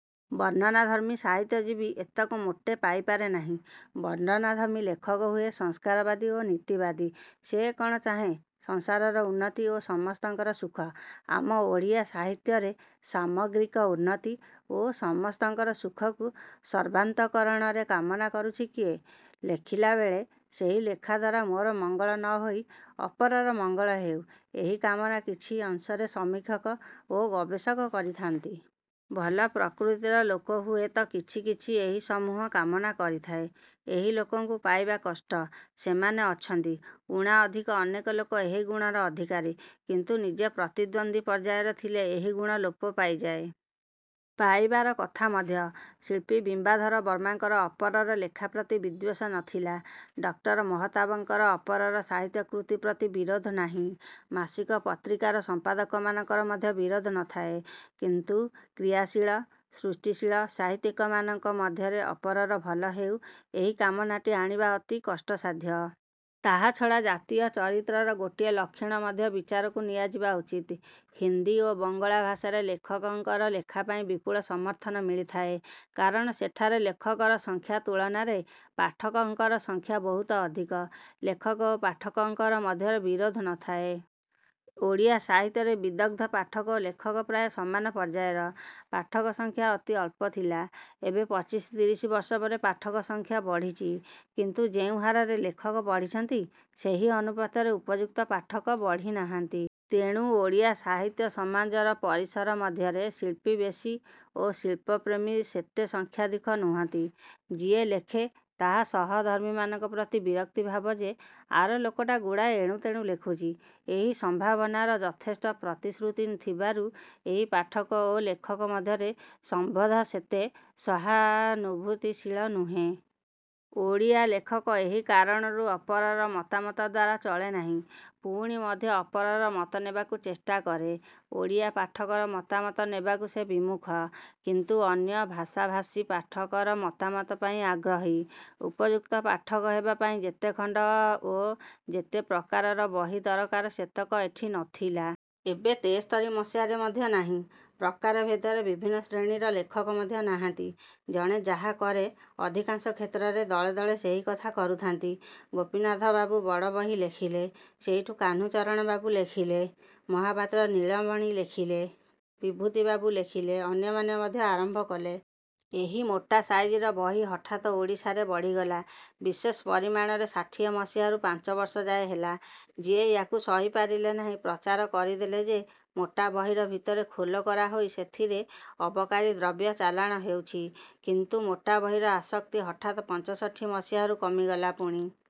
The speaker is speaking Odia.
ବର୍ଣ୍ଣନାଧର୍ମ୍ମୀ ସାହିତ୍ୟ-ଜୀବୀ ଏତକ ମୋଟେ ପାଇପାରେ ନାହିଁ। ବର୍ଣ୍ଣନାଧର୍ମ୍ମୀ ଲେଖକ ହୁଏ ସଂସ୍କାରବାଦୀ ଓ ନୀତିବାଦୀ। ସେ କ'ଣ ଚାହେଁ ସଂସାରର ଉନ୍ନତି ଓ ସମସ୍ତଙ୍କର ସୁଖ? ଆମ ଓଡ଼ିଆ ସାହିତ୍ୟରେ ସାମଗ୍ରିକ ଉନ୍ନତି ଓ ସମସ୍ତଙ୍କର ସୁଖକୁ ସର୍ବାନ୍ତଃକରଣରେ କାମନା କରୁଛି କିଏ? ଲେଖିଲାବେଳେ ସହି ଲେଖା ଦ୍ୱାରା ମୋର ମଙ୍ଗଳ ନ ହୋଇ ଅପରର ମଙ୍ଗଳ ହେଉ-ଏହି କାମନା କିଛି ଅଂଶରେ ସମୀକ୍ଷକ ଓ ଗବେଶକ କରିଥାନ୍ତି। ଭଲ ପ୍ରକୃତିର ଲୋକ ହୁଏ ତ କିଛି କିଛି ଏହି ସମୁହ କାମନା କରିଥାଏ। ଏହି ଲୋକଙ୍କୁ ପାଇବା କଷ୍ଟ। ସେମାନେ ଅଛନ୍ତି। ଊଣା ଅଧିକେ ଅନେକ ଲୋକ ଏହି ଗୁଣର ଅଧିକାରୀ। କିନ୍ତୁ ନିଜେ ପ୍ରତିଦ୍ୱନ୍ଦୀ ପର୍ଯ୍ୟାୟରେ ଥିଲେ ଏହି ଗୁଣ ଲୋପ ପାଇଯାଏ। -ପାଇବାର କଥା ମଧ୍ୟ। ଶିଳ୍ପୀ ବିମ୍ବାଧର ବର୍ମାଙ୍କର ଅପରର ଲେଖା ପ୍ରତି ବିଦ୍ୱେଷ ନ ଥିଲା। ଡକ୍ଟର ମହତାବଙ୍କର ଅପରର ସାହିତ୍ୟ କୃତି ପ୍ରତି ବିରୋଧ ନାହିଁ। ମାସିକ ପତ୍ରିକାର ସମ୍ପାଦକମାନଙ୍କର ମଧ୍ୟ ବିରୋଧ ନ ଥାଏ। କିନ୍ତୁ କ୍ରିୟାଶୀଳ, ସୃଷ୍ଟିଶୀଳ ସାହିତ୍ୟିକମାନଙ୍କ ମଧ୍ୟରେ ଅପରର ଭଲ ହେଉ-ଏହି କାମନାଟି ଆଣିବା ଅତି କଷ୍ଟସାଧ୍ୟ। ତାହାଛଡ଼ା ଜାତୀୟ ଚରିତ୍ରର ଗୋଟିଏ ଲକ୍ଷଣ ମଧ୍ୟ ବିଚାରକୁ ନିଆଯିବା ଉଚିତ୍। ହିନ୍ଦି ଓ ବଙ୍ଗଳା ଭାଷାରେ ଲେଖକଙ୍କର ଲେଖା ପାଇଁ ବିପୁଳ ସମର୍ଥନ ମିଳିଥାଏ। କାରଣ ସେଠାରେ ଲେଖକର ସଂଖ୍ୟା ତୁଳନାରେ ପାଠକଙ୍କର ସଂଖ୍ୟା ବହୁତ ଅଧିକ। ଲେଖକ ଓ ପାଠକଙ୍କର ମଧ୍ୟରେ ବିରୋଧ ନ ଥାଏ। ଓଡ଼ିଆ ସାହିତ୍ୟରେ ବିଦଗ୍ଧ ପାଠକ ଓ ଲେଖକ ପ୍ରାୟ ସମାନ ପର୍ଯ୍ୟାୟର। ପାଠକ ସଂଖ୍ୟା ଅତି ଅଳ୍ପ ଥିଲା। ଏବେ ପଚିଶି ତିରିଶି ବର୍ଷ ପରେ ପାଠକ ସଂଖ୍ୟା। ବଢ଼ିଛି। କିନ୍ତୁ ଯେଉଁ ହାରରେ ଲେଖକ ବଢ଼ିଛନ୍ତି ସେହି ଅନୁପାତରେ ଉପଯୁକ୍ତ ପାଠକ ବଢ଼ି ନାହାନ୍ତି। ତେଣୁ ଓଡ଼ିଆ ସାହିତ୍ୟ ସମାଜର ପରିସର ମଧ୍ୟରେ ଶିଳ୍ପୀ ବେଶି ଓ ଶିଳ୍ପପ୍ରେମୀ ସେତେ ସଂଖ୍ୟାଧିକ ନୁହନ୍ତି। ଯିଏ, ଲେଖେ, ତାହାର ସମଧର୍ମୀମାନଙ୍କ ପ୍ରତି ବିରକ୍ତି ଭାବ ଯେ, ଆର ଲୋକଟା ଗୁଡ଼ାଏ ଏଣୁତେଣୁ ଲେଖୁଛି। ଏହି ସମ୍ଭାବନାର ଯଥେଷ୍ଟ ପ୍ରତିଶୃତି ଥିବାରୁ ଏଠି ପାଠକ ଓ ଲେଖକ ମଧ୍ୟରେ ସମ୍ବନ୍ଧ ସେତେ ସହାନୁଭୂତିଶୀଳ ନୁହେଁ। ଓଡ଼ିଆ ଲେଖକ ଏହି କାରଣରୁ ଅପରର ମତାମତ ଦ୍ୱାରା ଚଳେ ନାହିଁ। ପୁଣି ମଧ୍ୟ ଅପରର ମତ ନେବାକୁ ଚେଷ୍ଟା କରେ। ଓଡ଼ିଆ ପାଠକର ମତାମତ ନେବାକୁ ସେ ବିମୁଖ। କିନ୍ତୁ ଅନ୍ୟ ଭାଷାଭାଷୀ ପାଠକର ମତାମତ ପାଇଁ ଆଗ୍ରହୀ। ଉପଯୁକ୍ତ ପାଠକ ହେବା ପାଇଁ ଯେତେଖଣ୍ତ ଓ ଯେତେ ପ୍ରକାରର ବହି ଦରକାର ସେତକ ଏଠି ନଥିଲା। ଏବେ ତେସ୍ତରୀ ମସିହାରେ ମଧ୍ୟ ନାହିଁ। ପ୍ରକାରଭେଦରେ ବିଭିନ୍ନ ଶ୍ରେଣୀର ଲେଖକ ମଧ୍ୟ ନାହାନ୍ତି। ଜଣେ ଯାହା କରେ ଅଧିକାଂଶ କ୍ଷେତ୍ରରେ ଦଳେଦଳେ ସେହି କଥା କରୁଥାନ୍ତି। ଗୋପୀନାଥବାବୁ ବଡ଼ ବହି ଲେଖିଲେ। ସେଇଠୁ କାହ୍ନୁଚରଣବାବୁ ଲେଖିଲେ। ମହାପାତ୍ର ନୀଳମଣି ଲେଖିଲେ। ବିଭୁତିବାବୁ ଲେଖିଲେ। ଅନ୍ୟମାନେ ମଧ୍ୟ ଆରମ୍ଭ କଲେ। ଏହି ମୋଟା ସାଇଜର ବହି ହଠାତ୍ ଓଡ଼ିଶାରେ ବଢ଼ିଗଲା। ବିଶେଷ ପରିମାଣରେ ଷାଠିଏ ମସିହାରୁ ପାଞ୍ଚବର୍ଷ ଯାଏ ହେଲା। ଯିଏ ୟାକୁ ସହି ପାରିଲେ ନାହିଁ ପ୍ରଚାର କରିଦେଲେ ଯେ ମୋଟା ବହିର ଭିତରେ ଖୋଲ କରା ହୋଇ ସେଥିରେ ଅବକାରୀ ଦ୍ରବ୍ୟ ଚାଲାଣ ହେଉଛି। କିନ୍ତୁ ମୋଟା ବହିର ଆସକ୍ତି ହଠାତ୍ ପଞ୍ଚଷଠି ମସିହାରୁ କମିଗଲା। ପୁଣି